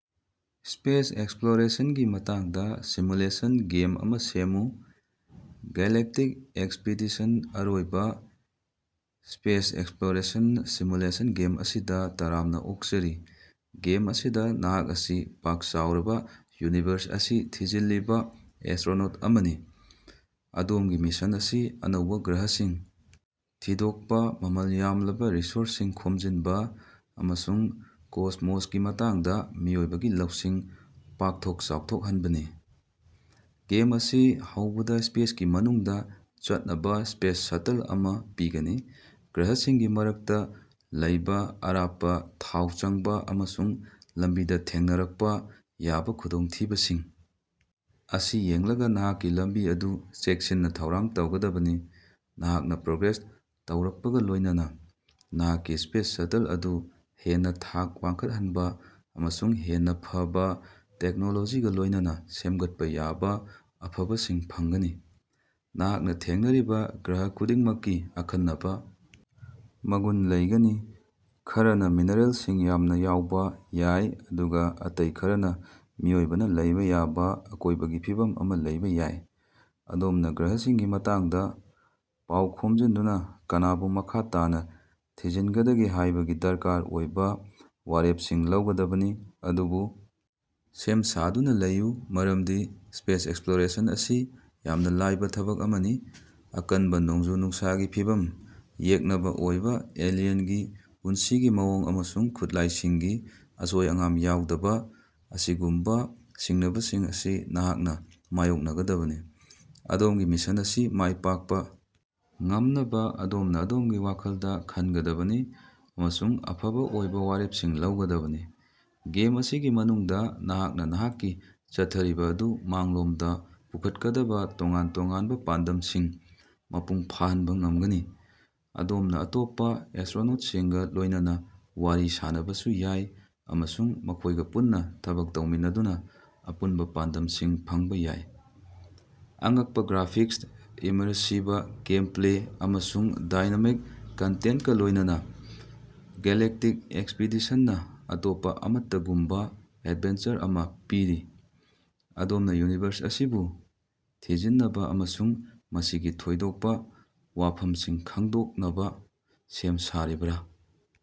Space ꯑꯦꯛꯁꯄ꯭ꯂꯣꯔꯦꯁꯟꯒꯤ ꯃꯇꯥꯡꯗ simulation game ꯑꯃ ꯁꯦꯝꯃꯨ꯫ "ꯒꯦꯂꯦꯛꯇꯤꯛ ꯑꯦꯛꯁꯄꯤꯗꯤꯁꯟ" ꯑꯔꯣꯏꯕ ꯁ꯭ꯄꯦꯁ ꯑꯦꯛꯁꯄ꯭ꯂꯣꯔꯦꯁꯟ ꯁꯤꯃꯨꯂꯦꯁꯟ ꯒꯦꯝ ꯑꯁꯤꯗ ꯇꯔꯥꯝꯅꯥ ꯑꯣꯛꯆꯔꯤ꯫ ꯒꯦꯝ ꯑꯁꯤꯗ ꯅꯍꯥꯛ ꯑꯁꯤ ꯄꯥꯛ ꯆꯥꯎꯔꯕ ꯌꯨꯅꯤꯚꯔꯁ ꯑꯁꯤ ꯊꯤꯖꯤꯜꯂꯤꯕ ꯑꯦꯁꯇ꯭ꯔꯣꯅꯣꯠ ꯑꯃꯅꯤ꯫ ꯑꯗꯣꯝꯒꯤ ꯃꯤꯁꯟ ꯑꯁꯤ ꯑꯅꯧꯕ ꯒ꯭ꯔꯍꯁꯤꯡ ꯊꯤꯗꯣꯛꯄ ꯃꯃꯜ ꯌꯥꯝꯂꯕ ꯔꯤꯁꯣꯔꯁꯁꯤꯡ ꯈꯣꯝꯖꯤꯟꯕ ꯑꯃꯁꯨꯡ ꯀꯣꯁꯃꯣꯁꯀꯤ ꯃꯇꯥꯡꯗ ꯃꯤꯑꯣꯏꯕꯒꯤ ꯂꯧꯁꯤꯡ ꯄꯥꯛꯊꯣꯛ ꯆꯥꯎꯊꯣꯛꯍꯟꯕꯅꯤ꯫ ꯒꯦꯝ ꯑꯁꯤ ꯍꯧꯕꯗꯥ ꯁ꯭ꯄꯦꯁꯀꯤ ꯃꯅꯨꯡꯗꯥ ꯆꯠꯅꯕ ꯁ꯭ꯄꯦꯁ ꯁꯇꯜ ꯑꯃ ꯄꯤꯒꯅꯤ꯫ ꯒ꯭ꯔꯍꯁꯤꯡꯒꯤ ꯃꯔꯛꯇ ꯂꯩꯕꯥ ꯑꯔꯥꯞꯄ ꯊꯥꯎ ꯆꯪꯕ ꯑꯃꯁꯨꯡ ꯂꯝꯕꯤꯗ ꯊꯦꯡꯅꯔꯛꯄ ꯌꯥꯕ ꯈꯨꯗꯣꯡꯊꯤꯕꯁꯤꯡ ꯑꯁꯤ ꯌꯦꯡꯂꯒ ꯅꯍꯥꯛꯀꯤ ꯂꯝꯕꯤ ꯑꯗꯨ ꯆꯦꯛꯁꯤꯟꯅ ꯊꯧꯔꯥꯡ ꯇꯧꯒꯗꯕꯅꯤ꯫ ꯅꯍꯥꯛꯅ ꯄ꯭ꯔꯣꯒ꯭ꯔꯦꯁ ꯇꯧꯔꯛꯄꯒ ꯂꯣꯢꯅꯥꯅ ꯅꯍꯥꯛꯀꯤ ꯁ꯭ꯄꯦꯁ ꯁꯇꯜ ꯑꯗꯨ ꯍꯦꯟꯅ ꯊꯥꯛ ꯋꯥꯡꯈꯠꯍꯟꯕ ꯑꯃꯁꯨꯡ ꯍꯦꯟꯅ ꯐꯕꯥ ꯇꯦꯛꯅꯣꯂꯣꯖꯤꯒ ꯂꯣꯢꯅꯅꯥ ꯁꯦꯝꯒꯠꯄ ꯌꯥꯕꯥ ꯑꯐꯕꯁꯤꯡ ꯐꯪꯒꯅꯤ꯫ ꯅꯍꯥꯛꯅ ꯊꯦꯡꯅꯔꯤꯕ ꯒ꯭ꯔꯍ ꯈꯨꯗꯤꯡꯃꯛꯀꯤ ꯑꯈꯟꯅꯕ ꯃꯒꯨꯟ ꯂꯩꯒꯅꯤ: ꯈꯔꯅ ꯃꯤꯅꯔꯦꯜꯁꯤꯡ ꯌꯥꯝꯅ ꯌꯥꯎꯕ ꯌꯥꯏ ꯑꯗꯨꯒ ꯑꯇꯩ ꯈꯔꯅ ꯃꯤꯑꯣꯏꯕꯅ ꯂꯩꯕ ꯌꯥꯕ ꯑꯀꯣꯢꯕꯒꯤ ꯐꯤꯕꯝ ꯑꯃ ꯂꯩꯕꯥ ꯌꯥꯏ꯫ ꯑꯗꯣꯝꯅ ꯒ꯭ꯔꯍꯁꯤꯡꯒꯤ ꯃꯇꯥꯡꯗ ꯄꯥꯎ ꯈꯣꯝꯖꯤꯟꯗꯨꯅ ꯀꯅꯥꯕꯨ ꯃꯈꯥ ꯇꯥꯅꯥ ꯊꯤꯖꯤꯟꯒꯗꯒꯦ ꯍꯥꯢꯕꯒꯤ ꯗꯔꯀꯥꯔ ꯑꯣꯏꯕꯥ ꯋꯥꯔꯦꯄꯁꯤꯡ ꯂꯧꯒꯗꯕꯅꯤ꯫ ꯑꯗꯨꯕꯨ ꯁꯦꯝ ꯁꯥꯗꯨꯅ ꯂꯩꯌꯨ ꯃꯔꯝꯗꯤ ꯁ꯭ꯄꯦꯁ ꯑꯦꯛꯁꯄ꯭ꯂꯣꯔꯦꯁꯟ ꯑꯁꯤ ꯌꯥꯝꯅ ꯂꯥꯏꯕ ꯊꯕꯛ ꯑꯃꯅꯤ꯫ ꯑꯀꯟꯕ ꯅꯣꯡꯖꯨ-ꯅꯨꯡꯁꯥꯒꯤ ꯐꯤꯚꯝ ꯌꯦꯛꯅꯕꯥ ꯑꯣꯏꯕꯥ ꯑꯦꯂꯤꯌꯟꯒꯤ ꯄꯨꯟꯁꯤꯒꯤ ꯃꯑꯣꯡ ꯑꯃꯁꯨꯡ ꯈꯨꯠꯂꯥꯢꯁꯤꯡꯒꯤ ꯑꯁꯣꯏ-ꯑꯉꯥꯝ ꯌꯥꯎꯗꯕ ꯑꯁꯤꯒꯨꯝꯕ ꯁꯤꯡꯅꯕꯁꯤꯡ ꯑꯁꯤ ꯅꯍꯥꯛꯅꯥ ꯃꯥꯌꯣꯛꯅꯒꯗꯕꯅꯤ꯫ ꯑꯗꯣꯝꯒꯤ ꯃꯤꯁꯟ ꯑꯁꯤ ꯃꯥꯢ ꯄꯥꯛꯄ ꯉꯝꯅꯕ ꯑꯗꯣꯝꯅ ꯑꯗꯣꯝꯒꯤ ꯋꯥꯈꯜꯗ ꯈꯟꯒꯗꯕꯅꯤ ꯑꯃꯁꯨꯡ ꯑꯐꯕ ꯑꯣꯏꯕ ꯋꯥꯔꯦꯞꯁꯤꯡ ꯂꯧꯒꯗꯕꯅꯤ꯫ ꯒꯦꯝ ꯑꯁꯤꯒꯤ ꯃꯅꯨꯡꯗ ꯅꯍꯥꯛꯅ ꯅꯍꯥꯛꯀꯤ ꯆꯠꯊꯔꯤꯕ ꯑꯗꯨ ꯃꯥꯡꯂꯣꯝꯗ ꯄꯨꯈꯠꯀꯗꯕꯥ ꯇꯣꯉꯥꯟ ꯇꯣꯉꯥꯟꯕ ꯄꯥꯟꯗꯝꯁꯤꯡ ꯃꯄꯨꯡ ꯐꯥꯍꯟꯕ ꯉꯝꯒꯅꯤ꯫ ꯑꯗꯣꯝꯅ ꯑꯇꯣꯞꯄ ꯑꯦꯁꯇ꯭ꯔꯣꯅꯣꯠꯁꯤꯡꯒꯥ ꯂꯣꯢꯅꯅꯥ ꯋꯥꯔꯤ ꯁꯥꯅꯕꯁꯨ ꯌꯥꯏ ꯑꯃꯁꯨꯡ ꯃꯈꯣꯢꯒ ꯄꯨꯟꯅ ꯊꯕꯛ ꯇꯧꯃꯤꯟꯅꯗꯨꯅ ꯑꯄꯨꯟꯕ ꯄꯥꯟꯗꯝꯁꯤꯡ ꯐꯪꯕꯥ ꯌꯥꯏ꯫ ꯑꯉꯛꯄ ꯒ꯭ꯔꯥꯐꯤꯛꯁ, ꯏꯃꯔꯁꯤꯕ ꯒꯦꯝꯄ꯭ꯂꯦ ꯑꯃꯁꯨꯡ ꯗꯥꯏꯅꯥꯃꯤꯛ ꯀꯟꯇꯦꯟꯇꯀ ꯂꯣꯢꯅꯅꯥ "ꯒꯦꯂꯦꯛꯇꯤꯛ ꯑꯦꯛꯁꯄꯤꯗꯤꯁꯟ"ꯅꯥ ꯑꯇꯣꯞꯄꯥ ꯑꯃꯠꯇꯒꯨꯝꯕꯥ ꯑꯦꯗꯚꯦꯟꯆꯔ ꯑꯃꯥ ꯄꯤꯔꯤ꯫ ꯑꯗꯣꯝꯅꯥ ꯌꯨꯅꯤꯚꯔꯁ ꯑꯁꯤꯕꯨ ꯊꯤꯖꯤꯟꯅꯕꯥ ꯑꯃꯁꯨꯡ ꯃꯁꯤꯒꯤ ꯊꯣꯏꯗꯣꯛꯄ ꯋꯥꯐꯝꯁꯤꯡ ꯈꯡꯗꯣꯛꯅꯕ ꯁꯦꯝ ꯁꯥꯔꯤꯕꯔꯥ?